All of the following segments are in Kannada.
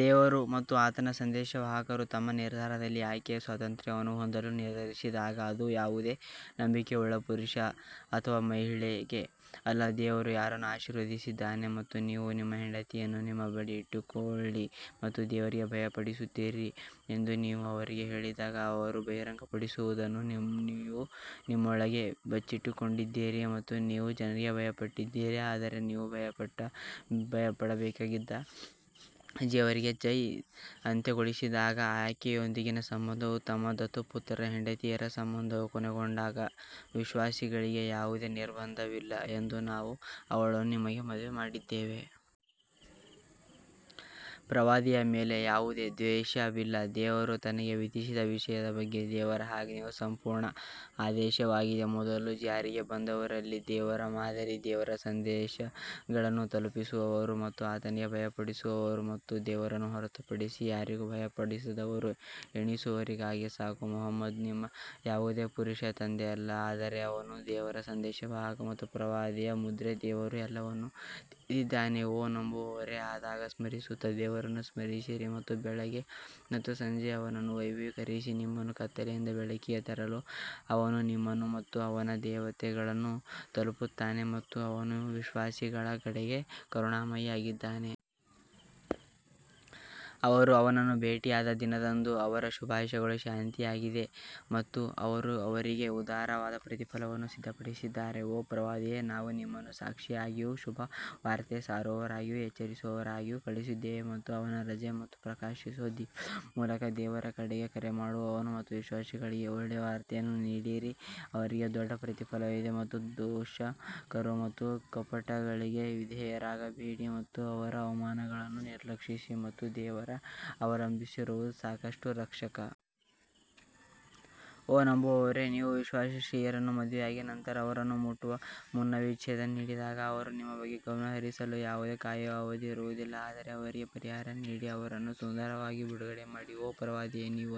ದೇವರು ಮತ್ತು ಆತನ ಸಂದೇಶವಾಹಕರು ತಮ್ಮ ನಿರ್ಧಾರದಲ್ಲಿ ಆಯ್ಕೆಯ ಸ್ವಾತಂತ್ರ್ಯವನ್ನು ಹೊಂದಲು ನಿರ್ಧರಿಸಿದಾಗ ಅದು ಯಾವುದೇ ನಂಬಿಕೆಯುಳ್ಳ ಪುರುಷ ಅಥವಾ ಮಹಿಳೆಗೆ ಅಲ್ಲ ದೇವರು ಯಾರನ್ನು ಆಶೀರ್ವದಿಸಿದ್ದಾನೆ ಮತ್ತು ನೀವು ನಿಮ್ಮ ಹೆಂಡತಿಯನ್ನು ನಿಮ್ಮ ಬಳಿ ಇಟ್ಟುಕೊಳ್ಳಿ ಮತ್ತು ದೇವರಿಗೆ ಭಯಪಡುತ್ತೀರಿ ಎಂದು ನೀವು ಅವರಿಗೆ ಹೇಳಿದಾಗ ದೇವರು ಬಹಿರಂಗಪಡಿಸುವದನ್ನು ನೀವು ನಿಮ್ಮೊಳಗೆ ಬಚ್ಚಿಟ್ಟುಕೊಂಡಿದ್ದೀರಿ ಮತ್ತು ನೀವು ಜನರಿಗೆ ಭಯಪಟ್ಟಿದ್ದೀರಿ ಆದರೆ ನೀವು ಭಯಪಡಬೇಕಾಗಿದ್ದ ದೇವರಿಗೆ ಜೈದ್ ಅಂತ್ಯಗೊಳಿಸಿದಾಗ ಆಕೆಯೊಂದಿಗಿನ ಸಂಬಂಧವು ತಮ್ಮ ದತ್ತುಪುತ್ರರ ಹೆಂಡತಿಯರ ಸಂಬಂಧವು ಕೊನೆಗೊಂಡಾಗ ವಿಶ್ವಾಸಿಗಳಿಗೆ ಯಾವುದೇ ನಿರ್ಬಂಧವಿಲ್ಲ ಎಂದು ನಾವು ಅವಳನ್ನು ನಿಮಗೆ ಮದುವೆ ಮಾಡಿದ್ದೇವೆ. ಪ್ರವಾದಿಯ ಮೇಲೆ ಯಾವುದೇ ದೋಷವಿಲ್ಲ, ದೇವರು ತನಗೆ ವಿಧಿಸಿದ ವಿಷಯದ ಬಗ್ಗೆ ದೇವರ ಆಜ್ಞೆಯು ಸಂಪೂರ್ಣ ಆದೇಶವಾಗಿದೆ ಮೊದಲು ಜಾರಿಗೆ ಬಂದವರಲ್ಲಿ ದೇವರ ಮಾದರಿ ದೇವರ ಸಂದೇಶಗಳನ್ನು ತಲುಪಿಸುವವರು ಮತ್ತು ಆತನಿಗೆ ಭಯಪಡುವವರು ಮತ್ತು ದೇವರನ್ನು ಹೊರತುಪಡಿಸಿ ಯಾರಿಗೂ ಭಯಪಡದವರು ಎಣಿಸುವವರಾಗಿ ಸಾಕು. ಮುಹಮ್ಮದ್ ನಿಮ್ಮ ಯಾವುದೇ ಪುರುಷರ ತಂದೆಯಲ್ಲ ಆದರೆ ಅವನು ದೇವರ ಸಂದೇಶವಾಹಕ ಮತ್ತು ಪ್ರವಾದಿಗಳ ಮುದ್ರೆ ದೇವರು ಎಲ್ಲವನ್ನೂ ತಿಳಿದಿದ್ದಾನೆ ಓ ನಂಬುವವರೇ ಆಗಾಗ ಸ್ಮರಿಸುತ್ತಾ ದೇವರನ್ನು ಸ್ಮರಿಸಿರಿ ಮತ್ತು ಬೆಳಿಗ್ಗೆ ಮತ್ತು ಸಂಜೆ ಅವನನ್ನು ವೈಭವೀಕರಿಸಿ ನಿಮ್ಮನ್ನು ಕತ್ತಲೆಯಿಂದ ಬೆಳಕಿಗೆ ತರಲು ಅವನು ನಿಮ್ಮನ್ನು ಮತ್ತು ಅವನ ದೇವತೆಗಳನ್ನು ತಲುಪುತ್ತಾನೆ ಮತ್ತು ಅವನು ವಿಶ್ವಾಸಿಗಳ ಕಡೆಗೆ ಕರುಣಾಮಯಿಯಾಗಿದ್ದಾನೆ. ಅವರು ಅವನನ್ನು ಭೇಟಿಯಾದ ದಿನದಂದು ಅವರ ಶುಭಾಶಯವು ಶಾಂತಿಯಾಗಿದೆ ಮತ್ತು ಅವರು ಅವರಿಗೆ ಉದಾರವಾದ ಪ್ರತಿಫಲವನ್ನು ಸಿದ್ಧಪಡಿಸಿದ್ದಾರೆ ಓ ಪ್ರವಾದಿಯೇ ನಾವು ನಿಮ್ಮನ್ನು ಸಾಕ್ಷಿಯಾಗಿಯೂ ಶುಭವಾರ್ತೆ ಸಾರುವವರಾಗಿಯೂ ಎಚ್ಚರಿಸುವವರಾಗಿಯೂ ಕಳುಹಿಸಿದ್ದೇವೆ ಮತ್ತು ಅವನ ರಜೆ ಮತ್ತು ಪ್ರಕಾಶಿಸುವ ದೀಪದ ಮೂಲಕ ದೇವರ ಕಡೆಗೆ ಕರೆ ಮಾಡುವವನು ಮತ್ತು ವಿಶ್ವಾಸಿಗಳಿಗೆ ಒಳ್ಳೆಯ ವಾರ್ತೆಯನ್ನು ನೀಡಿರಿ, ಅವರಿಗೆ ದೊಡ್ಡ ಪ್ರತಿಫಲವಿದೆ ಮತ್ತು ದೂಷಕರು ಮತ್ತು ಕಪಟಿಗಳಿಗೆ ವಿಧೇಯರಾಗಬೇಡಿ ಮತ್ತು ಅವರ ಅವಮಾನಗಳನ್ನು ನಿರ್ಲಕ್ಷಿಸಿ ಮತ್ತು ದೇವರನ್ನು ಅವಲಂಬಿಸಿರುವುದು ಸಾಕಷ್ಟು ರಕ್ಷಕ. ಓ ನಂಬುವವರೇ, ನೀವು ವಿಶ್ವಾಸಿ ಸ್ತ್ರೀಯರನ್ನು ಮದುವೆಯಾಗಿ ನಂತರ ಅವರನ್ನು ಮುಟ್ಟುವ ಮುನ್ನವೇ ವಿಚ್ಛೇದನ ನೀಡಿದಾಗ ಅವರ ಬಗ್ಗೆ ಗಮನಹರಿಸಲು ಯಾವುದೇ ಕಾಯುವ ಅವಧಿ ಇರುವುದಿಲ್ಲ ಆದರೆ ಅವರಿಗೆ ಪರಿಹಾರ ನೀಡಿ ಅವರನ್ನು ಸುಂದರವಾಗಿ ಬಿಡುಗಡೆ ಮಾಡಿ. ಓ ಪ್ರವಾದಿಯೇ, ನೀವು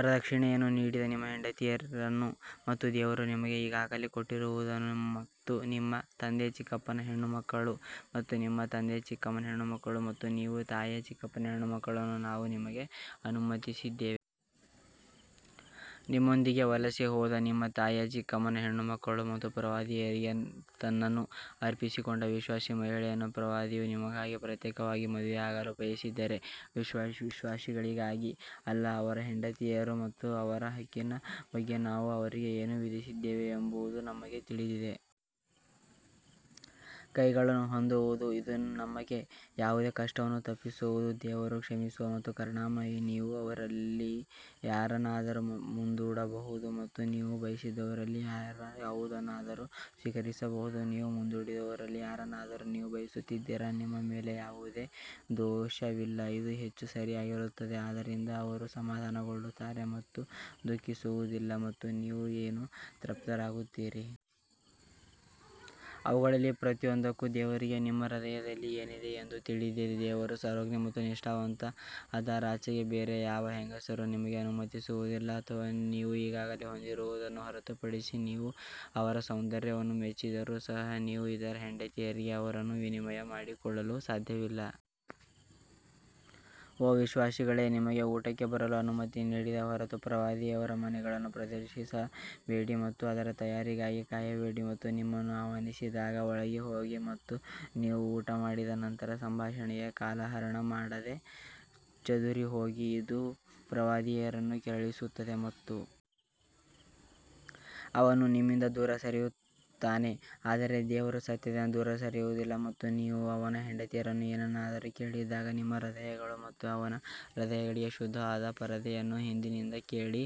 ವರದಕ್ಷಿಣೆಯನ್ನು ನೀಡಿದ ನಿಮ್ಮ ಹೆಂಡತಿಯರನ್ನು ಮತ್ತು ದೇವರು ನಿಮಗೆ ಈಗಾಗಲೇ ಕೊಟ್ಟಿರುವವರನ್ನು ಮತ್ತು ನಿಮ್ಮ ತಂದೆಯ ಚಿಕ್ಕಪ್ಪನ ಹೆಣ್ಣುಮಕ್ಕಳು ಮತ್ತು ನಿಮ್ಮ ತಂದೆಯ ಚಿಕ್ಕಮ್ಮನ ಹೆಣ್ಣುಮಕ್ಕಳು ಮತ್ತು ನಿಮ್ಮ ತಾಯಿಯ ಚಿಕ್ಕಪ್ಪನ ಹೆಣ್ಣುಮಕ್ಕಳನ್ನು ನಾವು ನಿಮಗೆ ಅನುಮತಿಸಿದ್ದೇವೆ. ನಿಮ್ಮೊಂದಿಗೆ ವಲಸೆ ಹೋದ ನಿಮ್ಮ ತಾಯಿಯ ಚಿಕ್ಕಮ್ಮನ ಹೆಣ್ಣುಮಕ್ಕಳು ಮತ್ತು ಪ್ರವಾದಿಯವರಿಗೆ ತನ್ನನ್ನು ಅರ್ಪಿಸಿಕೊಂಡ ವಿಶ್ವಾಸಿ ಮಹಿಳೆಯನ್ನು ಪ್ರವಾದಿಯು ನಿಮಗಾಗಿ ಪ್ರತ್ಯೇಕವಾಗಿ ಮದುವೆಯಾಗಲು ಬಯಸಿದರೆ, ವಿಶ್ವಾಸಿಗಳಿಗಾಗಿ ಅಲ್ಲ, ಅವರ ಹೆಂಡತಿಯರು ಮತ್ತು ಅವರ ಹಕ್ಕಿನ ಬಗ್ಗೆ ನಾವು ಅವರಿಗೆ ಏನು ವಿಧಿಸಿದ್ದೇವೆ ಎಂಬುದು ನಮಗೆ ತಿಳಿದಿದೆ. ಕೈಗಳನ್ನು ಹೊಂದುವುದು ಇದು ನಿಮಗೆ ಯಾವುದೇ ಕಷ್ಟವನ್ನು ತಪ್ಪಿಸುವುದು ದೇವರು ಕ್ಷಮಿಸುವ ಮತ್ತು ಕರುಣಾಮಯಿ ನೀವು ಅವರಲ್ಲಿ ಯಾರನ್ನಾದರೂ ಮುಂದೂಡಬಹುದು ಮತ್ತು ನೀವು ಬಯಸಿದವರಲ್ಲಿ ಯಾವುದನ್ನಾದರೂ ಸ್ವೀಕರಿಸಬಹುದು, ನೀವು ಮುಂದೂಡಿದವರಲ್ಲಿ ಯಾರನ್ನಾದರೂ ನೀವು ಬಯಸುತ್ತೀರಾ, ನಿಮ್ಮ ಮೇಲೆ ಯಾವುದೇ ದೋಷವಿಲ್ಲ, ಇದು ಹೆಚ್ಚು ಸರಿಯಾಗಿರುತ್ತದೆ ಆದ್ದರಿಂದ ಅವರು ಸಮಾಧಾನಗೊಳ್ಳುತ್ತಾರೆ ಮತ್ತು ದುಃಖಿಸುವುದಿಲ್ಲ ಮತ್ತು ನೀವು ಏನು ತೃಪ್ತರಾಗುತ್ತೀರಿ. ಅವುಗಳಲ್ಲಿ ಪ್ರತಿಯೊಂದಕ್ಕೂ ದೇವರಿಗೆ ನಿಮ್ಮ ಹೃದಯದಲ್ಲಿ ಏನಿದೆ ಎಂದು ತಿಳಿದಿದೆ, ದೇವರು ಸರ್ವಜ್ಞ ಮತ್ತು ನಿಷ್ಠಾವಂತ ಅದರಾಚೆಗೆ ಬೇರೆ ಯಾವ ಹೆಂಗಸರೂ ನಿಮಗೆ ಅನುಮತಿಸುವುದಿಲ್ಲ ಅಥವಾ ನೀವು ಈಗಾಗಲೇ ಹೊಂದಿರುವವರನ್ನು ಹೊರತುಪಡಿಸಿ ನೀವು ಅವರ ಸೌಂದರ್ಯವನ್ನು ಮೆಚ್ಚಿದರೂ ಸಹ ನೀವು ಇತರ ಹೆಂಡತಿಯರಿಗೆ ಅವರನ್ನು ವಿನಿಮಯ ಮಾಡಿಕೊಳ್ಳಲು ಸಾಧ್ಯವಿಲ್ಲ. ಓ ವಿಶ್ವಾಸಿಗಳೇ ನಿಮಗೆ ಊಟಕ್ಕೆ ಬರಲು ಅನುಮತಿ ನೀಡದ ಹೊರತು ಪ್ರವಾದಿಯವರ ಮನೆಗಳನ್ನು ಪ್ರವೇಶಿಸಬೇಡಿ ಮತ್ತು ಅದರ ತಯಾರಿಗಾಗಿ ಕಾಯಬೇಡಿ ಮತ್ತು ನಿಮ್ಮನ್ನು ಆಹ್ವಾನಿಸಿದಾಗ ಒಳಗೆ ಹೋಗಿ ಮತ್ತು ನೀವು ಊಟ ಮಾಡಿದ ನಂತರ ಸಂಭಾಷಣೆಗೆ ಕಾಲಹರಣ ಮಾಡದೆ ಚದುರಿಹೋಗಿ ಇದು ಪ್ರವಾದಿಯನ್ನು ಕೆರಳಿಸುತ್ತದೆ. ಮತ್ತು ಅವನು ನಿಮ್ಮಿಂದ ದೂರ ಸರಿಯುತ್ತಾನೆ ಆದರೆ ದೇವರು ಸತ್ಯದಿಂದ ದೂರ ಸರಿಯುವುದಿಲ್ಲ ಮತ್ತು ನೀವು ಅವನ ಹೆಂಡತಿಯರನ್ನು ಏನನ್ನಾದರೂ ಕೇಳಿದಾಗ ನಿಮ್ಮ ಹೃದಯಗಳು ಮತ್ತು ಅವರ ಹೃದಯಗಳಿಗೆ ಶುದ್ಧವಾದ ಪರದೆಯ ಹಿಂದಿನಿಂದ ಕೇಳಿ,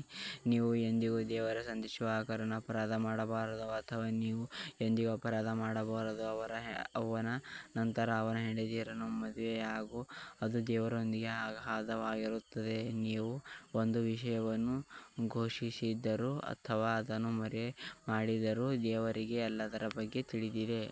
ನೀವು ಎಂದಿಗೂ ದೇವರ ಸಂದೇಶವಾಹಕರನ್ನು ಅಪರಾಧ ಮಾಡಬಾರದು ಅಥವಾ ನೀವು ಎಂದಿಗೂ ಅಪರಾಧ ಮಾಡಬಾರದು ಅವನ ನಂತರ ಅವನ ಹೆಂಡತಿಯರನ್ನು ಮದುವೆಯಾಗು ಅದು ದೇವರೊಂದಿಗೆ ಅಗಾಧವಾಗಿರುತ್ತದೆ ನೀವು ಒಂದು ವಿಷಯವನ್ನು ಘೋಷಿಸಿದರೂ ಅಥವಾ ಅದನ್ನು ಮರೆಮಾಡಿದರೂ ದೇವರಿಗೆ ಎಲ್ಲದರ ಬಗ್ಗೆ ತಿಳಿದಿದೆ.